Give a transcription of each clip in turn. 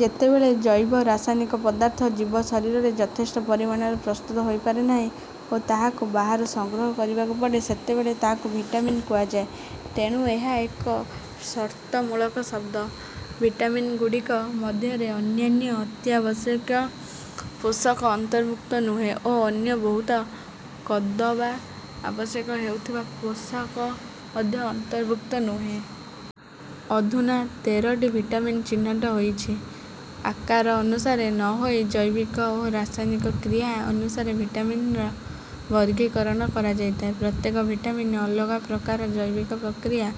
ଯେତେବେଳେ ଜୈବ ରାସାୟନିକ ପଦାର୍ଥ ଜୀବ ଶରୀରରେ ଯଥେଷ୍ଟ ପରିମାଣରେ ପ୍ରସ୍ତୁତ ହୋଇପାରେ ନାହିଁ ଓ ତାହାକୁ ବାହାରୁ ସଂଗ୍ରହ କରିବାକୁ ପଡ଼େ, ସେତେବେଳେ ତାହାକୁ ଭିଟାମିନ୍ କୁହାଯାଏ। ତେଣୁ ଏହା ଏକ ସର୍ତ୍ତମୂଳକ ଶବ୍ଦ। ଭିଟାମିନ୍‌ଗୁଡ଼ିକ ମଧ୍ୟରେ ଅନ୍ୟାନ୍ୟ ଅତ୍ୟାବଶ୍ୟକ ପୋଷକ ଅନ୍ତର୍ଭୁକ୍ତ ନୁହେଁ ଓ ଅନ୍ୟ ବହୁତ କଦବା ଆବଶ୍ୟକ ହେଉଥିବା ପୋଷକ ମଧ୍ୟ ଅନ୍ତର୍ଭୁକ୍ତ ନୁହେଁ। ଅଧୁନା ତେର ଟି ଭିଟାମିନ୍ ଚିହ୍ନଟ ହୋଇଛି। ଆକାର ଅନୁସାରେ ନ ହୋଇ ଜୈବିକ ଓ ରାସାୟନିକ କ୍ରିୟା ଅନୁସାରେ ଭିଟାମିନର ବର୍ଗୀକରଣ କରାଯାଇଥାଏ। ପ୍ରତ୍ୟେକ ଭିଟାମିନ୍ ଅଲଗା ପ୍ରକାର ଜୈବିକ ପ୍ରକ୍ରିୟା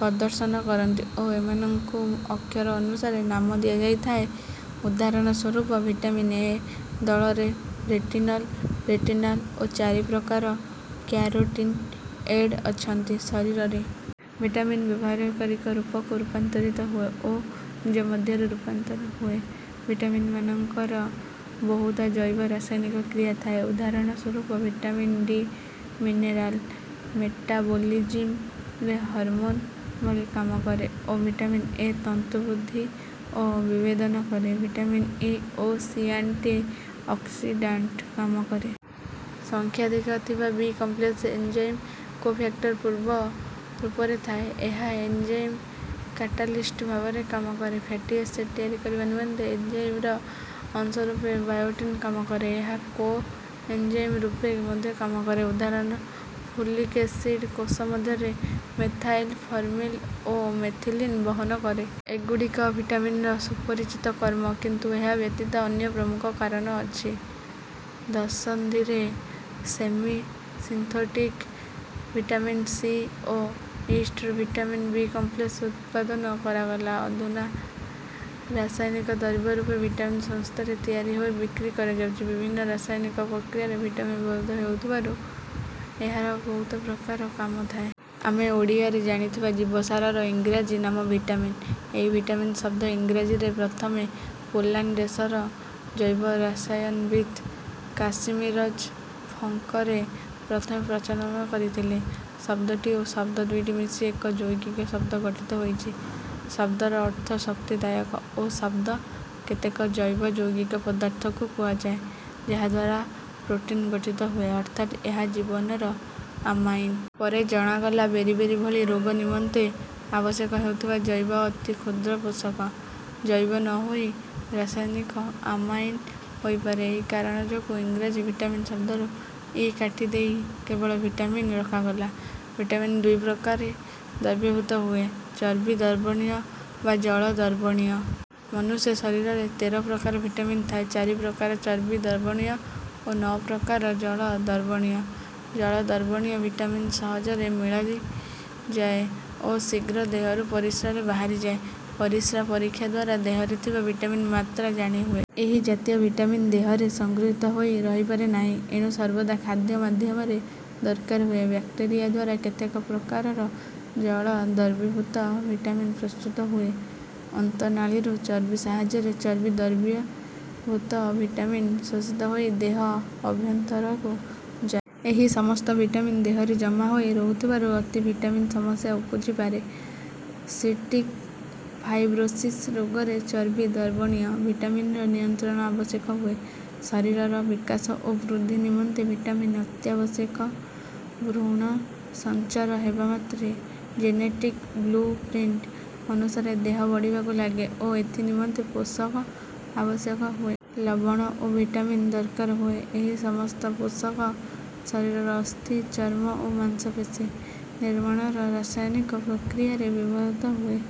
ପ୍ରଦର୍ଶନ କରନ୍ତି ଓ ଏମାନଙ୍କୁ ଅକ୍ଷର ଅନୁସାରେ ନାମ ଦିଆଯାଇଥାଏ। ଉଦାହରଣ ସ୍ୱରୂପ: ଭିଟାମିନ୍ 'ଏ' ଦଳରେ ରେଟିନଲ, ରେଟିନାଲ ଓ ଚାରି ପ୍ରକାର କ୍ୟାରୋଟିନଏଡ୍ ଅଛନ୍ତି। ଶରୀରରେ ଭିଟାମିନ୍ ବ୍ୟବହାରିକ ରୂପକୁ ରୂପାନ୍ତରିତ ହୁଏ ଓ ନିଜ ମଧ୍ୟରେ ରୂପାନ୍ତର ହୁଏ। ଭିଟାମିନ୍‌ମାନଙ୍କର ବହୁଧା ଜୈବ-ରାସାୟନିକ କ୍ରିୟା ଥାଏ। ଉଦାହରଣ ସ୍ୱରୂପ: ଭିଟାମିନ୍-ଡି ମିନେରାଲ୍ ମେଟାବୋଲିଜିମ୍‌ରେ ହରମୋନ୍ ଭଳି କାମ କରେ ଓ ଭିଟାମିନ୍-ଏ ତନ୍ତୁ ବୃଦ୍ଧି ଓ ବିଭେଦନ କରେ। ଭିଟାମିନ୍-ଇ ଓ ସି ଆଣ୍ଟି-ଅକ୍ସିଡାଣ୍ଟ କାମ କରେ। ସଂଖ୍ୟାଧିକ ଥିବା ବି-କମ୍ପ୍ଲେକ୍ସ ଏଞ୍ଜାଇମ୍ କୋ-ଫ୍ୟାକ୍ଟର ପୂର୍ବ ରୂପରେ ଥାଏ, ଯାହା ଏଞ୍ଜାଇମ୍ କାଟାଲିଷ୍ଟ ଭାବରେ କାମ କରେ। ଫ୍ୟାଟି ଏସିଡ୍ ତିଆରି କରିବା ନିମନ୍ତେ ଏଞ୍ଜାଇମ୍‌ର ଅଂଶ ରୂପେ ବାୟୋଟିନ୍ କାମ କରେ। ଏହା କୋ-ଏଞ୍ଜାଇମ୍ ରୂପେ ମଧ୍ୟ କାମ କରେ, ଉଦାହରଣ: ଫୋଲିକ୍ ଏସିଡ୍ କୋଷ ମଧ୍ୟରେ ମେଥାଇଲ୍, ଫର୍ମିଲ୍ ଓ ମେଥିଲିନ୍ ବହନ କରେ। ଏଗୁଡ଼ିକ ଭିଟାମିନର ସୁପରିଚିତ କର୍ମ, କିନ୍ତୁ ଏହା ବ୍ୟତୀତ ଅନ୍ୟ ପ୍ରମୁଖ କାରଣ ଅଛି। ଦଶନ୍ଧିରେ ସେମି-ସିନ୍ଥେଟିକ୍ ଭିଟାମିନ୍-ସି ଓ ଇଷ୍ଟ୍‌ରୁ ଭିଟାମିନ୍ ବି-କମ୍ପ୍ଲେକ୍ସ୍ ଉତ୍ପାଦନ କରାଗଲା। ଅଧୁନା ରାସାୟନିକ ଦ୍ରବ୍ୟ ରୂପେ ଭିଟାମିନ୍ ଶସ୍ତାରେ ତିଆରି ହୋଇ ବିକ୍ରି କରାଯାଉଛି। ବିଭିନ୍ନ ରାସାୟନିକ ପ୍ରକ୍ରିୟାରେ ଭିଟାମିନ୍ ବ୍ୟବହୃତ ହେଉଥିବାରୁ ଏହାର ବହୁତ ପ୍ରକାର କାମ ଥାଏ। ଆମେ ଓଡ଼ିଆରେ ଜାଣିଥିବା ଜୀବସାରର ଇଂରାଜୀ ନାମ ଭିଟାମିନ୍। ଏହି ଭିଟାମିନ୍ ଶବ୍ଦ ଇଂରାଜୀରେ ପ୍ରଥମେ ପୋଲାଣ୍ଡ ଦେଶର ଜୈବ-ରସାୟନବିତ୍ କାସିମିରଜ୍ ଫଙ୍କ ରେ ପ୍ରଥମେ ପ୍ରଚଳନ କରିଥିଲେ। ଶବ୍ଦଟି ଓ ଶବ୍ଦ ଦୁଇଟି ମିଶି ଏକ ଯୌଗିକ ଶବ୍ଦ ଗଠିତ ହୋଇଛି। ଶବ୍ଦର ଅର୍ଥ ଶକ୍ତିଦାୟକ ଓ ଶବ୍ଦ କେତେକ ଜୈବ ଯୌଗିକ ପଦାର୍ଥକୁ କୁହାଯାଏ, ଯାହାଦ୍ୱାରା ପ୍ରୋଟିନ୍ ଗଠିତ ହୁଏ, ଅର୍ଥାତ୍ ଏହା ଜୀବନର ଆମାଇନ୍। ପରେ ଜଣାଗଲା ବେରି-ବେରି ଭଳି ରୋଗ ନିମନ୍ତେ ଆବଶ୍ୟକ ହେଉଥିବା ଜୈବ ଅତି କ୍ଷୁଦ୍ର ପୋଷକ ଜୈବ ନ ହୋଇ ରାସାୟନିକ ଆମାଇନ୍ ହୋଇପାରେ। ଏହି କାରଣ ଯୋଗୁ ଇଂରାଜୀ ଭିଟାମିନ୍ ଶବ୍ଦରୁ ଇ କାଟି ଦେଇ କେବଳ ଭିଟାମିନ୍ ରଖାଗଲା। ଭିଟାମିନ୍ ଦୁଇ ପ୍ରକାରେ ଦ୍ରବୀଭୂତ ହୁଏ: ଚର୍ବି ଦ୍ରବଣୀୟ ବା ଜଳ ଦ୍ରବଣୀୟ। ମନୁଷ୍ୟ ଶରୀରରେ ତେର ପ୍ରକାର ଭିଟାମିନ୍ ଥାଏ ଚାରି ପ୍ରକାର ଚର୍ବି ଦ୍ରବଣୀୟ ଓ ନଅ ପ୍ରକାର ଜଳ ଦ୍ରବଣୀୟ। ଜଳ ଦ୍ରବଣୀୟ ଭିଟାମିନ୍ ସହଜରେ ମିଳାଇ ଯାଏ ଓ ଶୀଘ୍ର ଦେହରୁ ପରିସ୍ରାରେ ବାହାରି ଯାଏ। ପରିସ୍ରା ପରୀକ୍ଷା ଦ୍ୱାରା ଦେହରେ ଥିବା ଭିଟାମିନ୍ ମାତ୍ରା ଜାଣି ହୁଏ। ଏହି ଜାତୀୟ ଭିଟାମିନ୍ ଦେହରେ ସଂଗୃହୀତ ହୋଇ ରହିପାରେ ନାହିଁ, ଏଣୁ ସର୍ବଦା ଖାଦ୍ୟ ମାଧ୍ୟମରେ ଦରକାର ହୁଏ। ବ୍ୟାକ୍ଟେରିଆ ଦ୍ୱାରା କେତେକ ପ୍ରକାରର ଜଳ ଦ୍ରବୀଭୂତ ଭିଟାମିନ୍ ପ୍ରସ୍ତୁତ ହୁଏ। ଅନ୍ତନାଳୀରୁ ଚର୍ବି ସାହାଯ୍ୟରେ ଚର୍ବି ଦ୍ରବୀଭୂତ ଭିଟାମିନ୍ ଶୋଷିତ ହୋଇ ଦେହ ଅଭ୍ୟନ୍ତରକୁ ଯାଏ। ଏହି ସମସ୍ତ ଭିଟାମିନ୍ ଦେହରେ ଜମା ହୋଇ ରହୁଥିବାରୁ ଅତି ଭିଟାମିନ୍ ସମସ୍ୟା ଉପୁଜି ପାରେ। ସିଷ୍ଟିକ୍ ଫାଇବ୍ରୋସିସ୍ ରୋଗରେ ଚର୍ବି ଦ୍ରବଣୀୟ ଭିଟାମିନର ନିୟନ୍ତ୍ରଣ ଆବଶ୍ୟକ ହୁଏ। ଶରୀରର ବିକାଶ ଓ ବୃଦ୍ଧି ନିମନ୍ତେ ଭିଟାମିନ୍ ଅତ୍ୟାବଶ୍ୟକ। ଭ୍ରୂଣ ସଞ୍ଚାର ହେବା ମାତ୍ରେ ଜେନେଟିକ୍ ବ୍ଲୁ-ପ୍ରିଣ୍ଟ୍ ଅନୁସାରେ ଦେହ ବଢ଼ିବାକୁ ଲାଗେ ଓ ଏଥି ନିମନ୍ତେ ପୋଷକ ଆବଶ୍ୟକ ହୁଏ। ଲବଣ ଓ ଭିଟାମିନ୍ ଦରକାର ହୁଏ। ଏହି ସମସ୍ତ ପୋଷକ ଶରୀରର ଅସ୍ଥି, ଚର୍ମ ଓ ମାଂସପେଶୀ ନିର୍ମାଣର ରାସାୟନିକ ପ୍ରକ୍ରିୟାରେ ବ୍ୟବହୃତ ହୁଏ।